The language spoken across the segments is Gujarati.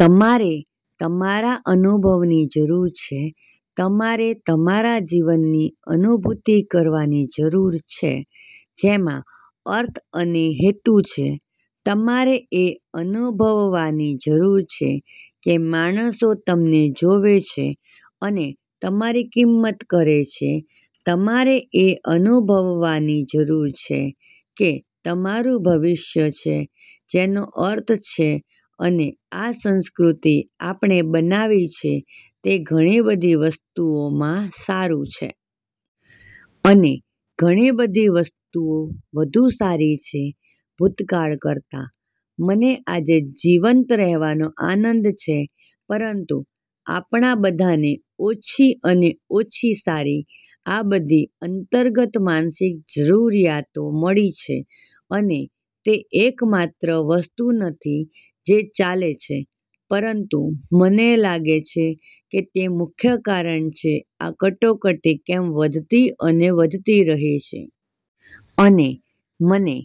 તમારે તમારા અનુભવની જરૂર છે. તમારે તમારા જીવનની અનુભૂતિ કરવાની જરૂર છે, જેમાં અર્થ અને હેતુ છે. તમારે એ અનુભવવાની જરૂર છે કે માણસો તમને જોવે છે અને તમારી કિંમત કરે છે. તમારે એ અનુભવવાની જરૂર છે કે તમારું ભવિષ્ય છે જેનો અર્થ છે અને આ સંસ્કૃતિ આપણે બનાવી છે તે ઘણી બધી વસ્તુઓમાં સારું છે. અને ઘણી વસ્તુઓ વધુ સારી છે ભૂતકાળ કરતાં. મને આજે જીવંત રહેવાનો આનંદ છે, પરંતુ આપણા બધાને ઓછી અને ઓછી સારી આ બધી અંતર્ગત માનસિક જરૂરિયાતો મળી છે. અને તે એકમાત્ર વસ્તુ નથી જે ચાલે છે, પરંતુ મને લાગે છે કે તે મુખ્ય કારણ છે આ કટોકટી કેમ વધતી અને વધતી રહે છે. અને મને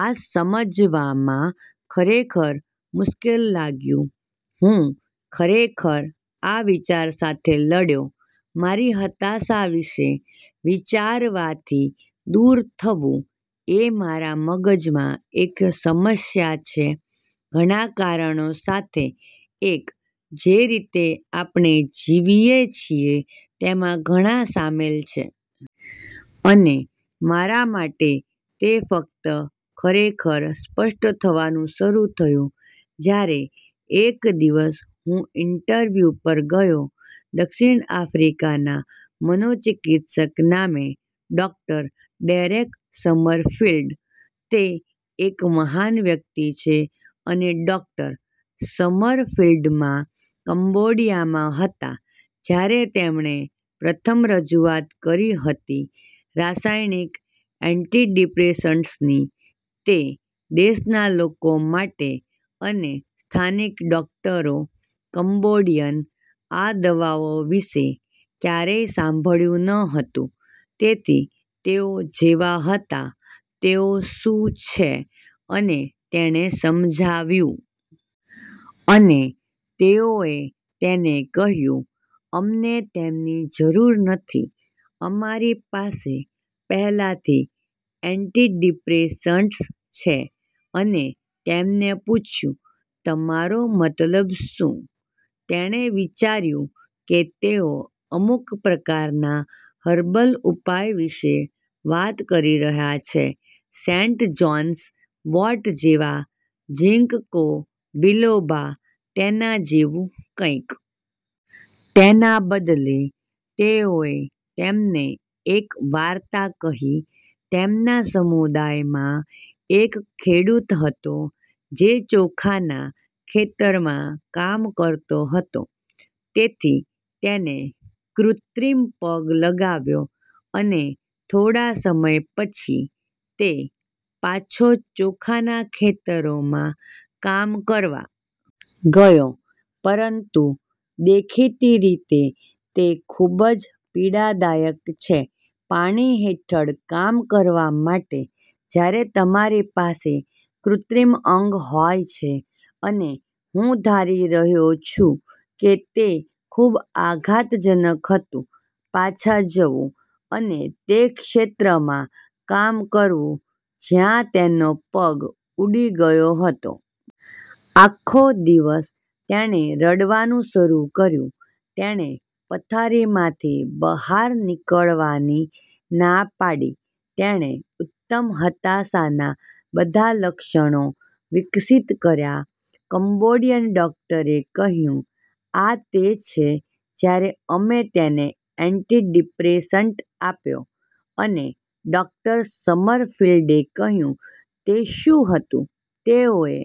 આ સમજવામાં ખરેખર મુશ્કેલ લાગ્યું. હું ખરેખર આ વિચાર સાથે લડ્યો મારી હતાશા વિશે વિચારવાથી દૂર થવું એ મારા મગજમાં એક સમસ્યા છે, ઘણા કારણો સાથે એક, જે રીતે આપણે જીવીએ છીએ તેમાં ઘણા શામેલ છે. અને મારા માટે તે ફક્ત ખરેખર સ્પષ્ટ થવાનું શરૂ થયું, જ્યારે એક દિવસ હું ઇન્ટરવ્યૂ પર ગયો દક્ષિણ આફ્રિકાના મનોચિકિત્સક નામે ડૉક્ટર. Derek Sommerfeld. તે એક મહાન વ્યક્તિ છે. અને ડોક્ટર. સમરફિલ્ડ માં કંબોડિયામાં હતા, જ્યારે તેમણે પ્રથમ રજૂઆત કરી હતી રાસાયણિક એન્ટીડિપ્રેસન્ટ્સની તે દેશના લોકો માટે અને સ્થાનિક ડોકટરો, કંબોડિયન, આ દવાઓ વિશે ક્યારેય સાંભળ્યું ન હતું, તેથી તેઓ જેવા હતા, તેઓ શું છે અને તેણે સમજાવ્યું. અને તેઓએ તેને કહ્યું, અમને તેમની જરૂર નથી, અમારી પાસે પહેલાથી એન્ટીડિપ્રેસન્ટ્સ છે અને તેમને પૂછ્યું, "તમારો મતલબ શું? " તેણે વિચાર્યું કે તેઓ અમુક પ્રકારના હર્બલ ઉપાય વિશે વાત કરી રહ્યા છે, સેન્ટ જ્હોન્સ વોર્ટ જેવા, જિંકગો બિલોબા, તેના જેવું કંઇક. તેના બદલે, તેઓએ તેમને એક વાર્તા કહી. તેમના સમુદાયમાં એક ખેડૂત હતો જે ચોખાના ખેતરમાં કામ કરતો હતો. તેથી તેને કૃત્રિમ પગ લગાવ્યો, અને થોડા સમય પછી, તે પાછો ચોખાના ખેતરોમાં કામ કરવા ગયો, પરંતુ દેખીતી રીતે, તે ખૂબ જ પીડાદાયક છે પાણી હેઠળ કામ કરવા માટે જ્યારે તમારી પાસે કૃત્રિમ અંગ હોય છે, અને હું ધારી રહ્યો છું કે તે ખૂબ આઘાતજનક હતું પાછા જવું અને તે ક્ષેત્રમાં કામ કરવું જ્યાં તેનો પગ ઉડી ગયો હતો. આખો દિવસ તેણે રડવાનું શરૂ કર્યું, તેણે પથારીમાંથી બહાર નીકળવાની ના પાડી, તેણે ઉત્તમ હતાશાના બધા લક્ષણો વિકસિત કર્યા. કંબોડિયન ડોકટરે કહ્યું, "આ તે છે જ્યારે અમે તેને એન્ટીડિપ્રેસન્ટ આપ્યો. " અને ડોક્ટર. સમરફિલ્ડે કહ્યું, "તે શું હતું? " તેઓએ